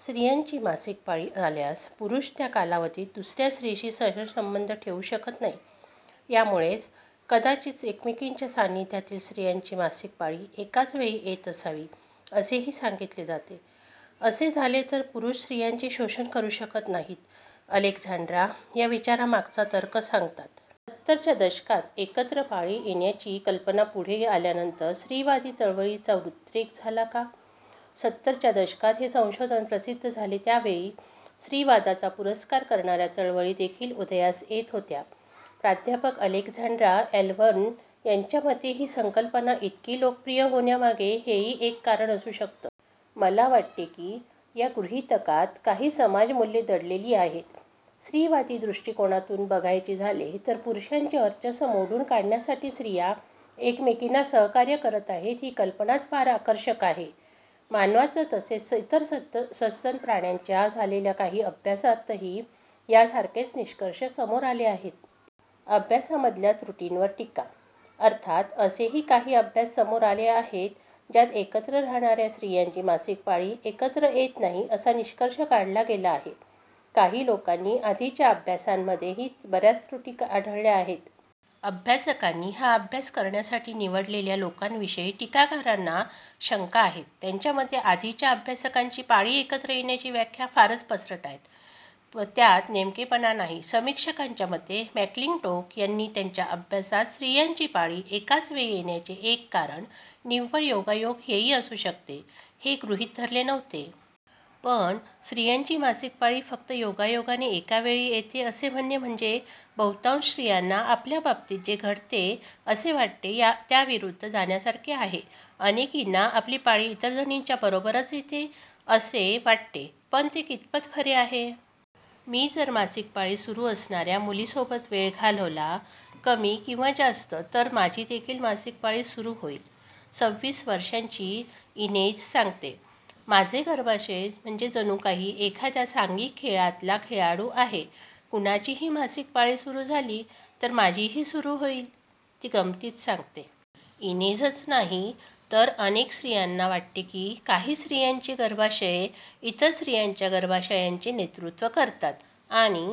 स्त्रियांची मासिक पाळी आल्यास पुरुष त्या कालावधीत दुसऱ्या स्त्रीशी शरीरसंबंध ठेवू शकत नाही. यामुळेच कदाचित एकमेकींच्या सान्निध्यातल्या स्त्रियांची मासिक पाळी एकाच वेळी येत असावी, असेही सांगितले जाते. "असे झाले तर पुरुष स्त्रियांचे शोषण करू शकत नाहीत," अलेक्झांड्रा या विचारामागचा तर्क सांगतात. सत्तरच्या दशकात एकत्र पाळी येण्याची कल्पना पुढे आल्यानंतर स्त्रीवादी चळवळीचा उद्रेक झाला का? सत्तरच्या दशकात हे संशोधन प्रसिद्ध झाले त्यावेळी स्त्रीवादाचा पुरस्कार करणाऱ्या चळवळी देखील उदयास येत होत्या. प्राध्यापक अलेक्झांड्रा ॲलव्हर्न यांच्या मते ही संकल्पना इतकी लोकप्रिय होण्यामागे हेही एक कारण असू शकते. "मला वाटते की, या गृहितकात काही 'समाजमूल्ये' दडलेली आहेत. स्त्रीवादी दृष्टिकोनातून बघायचे झाले तर पुरुषांचे वर्चस्व मोडून काढण्यासाठी स्त्रिया एकमेकींना सहकार्य करत आहेत ही कल्पनाच फार आकर्षक आहे." मानवाचा तसेच इतर सस्तन प्राण्यांच्या झालेल्या काही अभ्यासांतही यासारखेच निष्कर्ष समोर आले आहेत. अभ्यासामधल्या त्रुटींवर टीका - अर्थात असेही काही अभ्यास समोर आले आहेत ज्यात एकत्र राहणाऱ्या स्त्रियांची मासिक पाळी एकत्र येत नाही असा निष्कर्ष काढला गेला आहे. काही लोकांनी आधीच्या अभ्यासांमध्येही बऱ्याच त्रुटी आढळल्या आहेत. अभ्यासकांनी हा अभ्यास करण्यासाठी निवडलेल्या लोकांविषयी टीकाकारांना शंका आहेत. त्यांच्या मते आधीच्या अभ्यासकांची 'पाळी एकत्र येण्याची' व्याख्या फारच पसरट आहे. त्यात नेमकेपणा नाही. समीक्षकांच्या मते, मॅकक्लिंटोक यांनी त्यांच्या अभ्यासात स्त्रियांची पाळी एकाच वेळी येण्याचे एक कारण निव्वळ योगायोग हेही असू शकते, हे गृहीत धरले नव्हते. पण स्त्रियांची मासिक पाळी फक्त योगायोगाने एका वेळी येते असे म्हणणे म्हणजे बहुतांश स्त्रियांना आपल्या बाबतीत जे घडते असे वाटते त्याविरुद्ध जाण्यासारखे आहे. अनेकींना आपली पाळी इतर जणींच्या बरोबरच येते असे वाटते, पण ते कितपत खरे आहे? "मी जर मासिक पाळी सुरू असणाऱ्या मुलीसोबत वेळ घालवला, कमी किंवा जास्त तर माझीदेखील मासिक पाळी सुरू होईल," सव्वीस वर्षांची इनेझ सांगते. "माझे गर्भाशय म्हणजे जणू काही एखाद्या सांघिक खेळातला खेळाडू आहे. कुणाचीही मासिक पाळी सुरू झाली तर माझीही सुरू होईल," ती गंमतीत सांगते. इनेझच नाही तर इतर अनेक स्त्रियांना वाटते की, काही स्त्रियांची गर्भाशये इतर स्त्रियांच्या गर्भाशयांचे नेतृत्व करतात आणि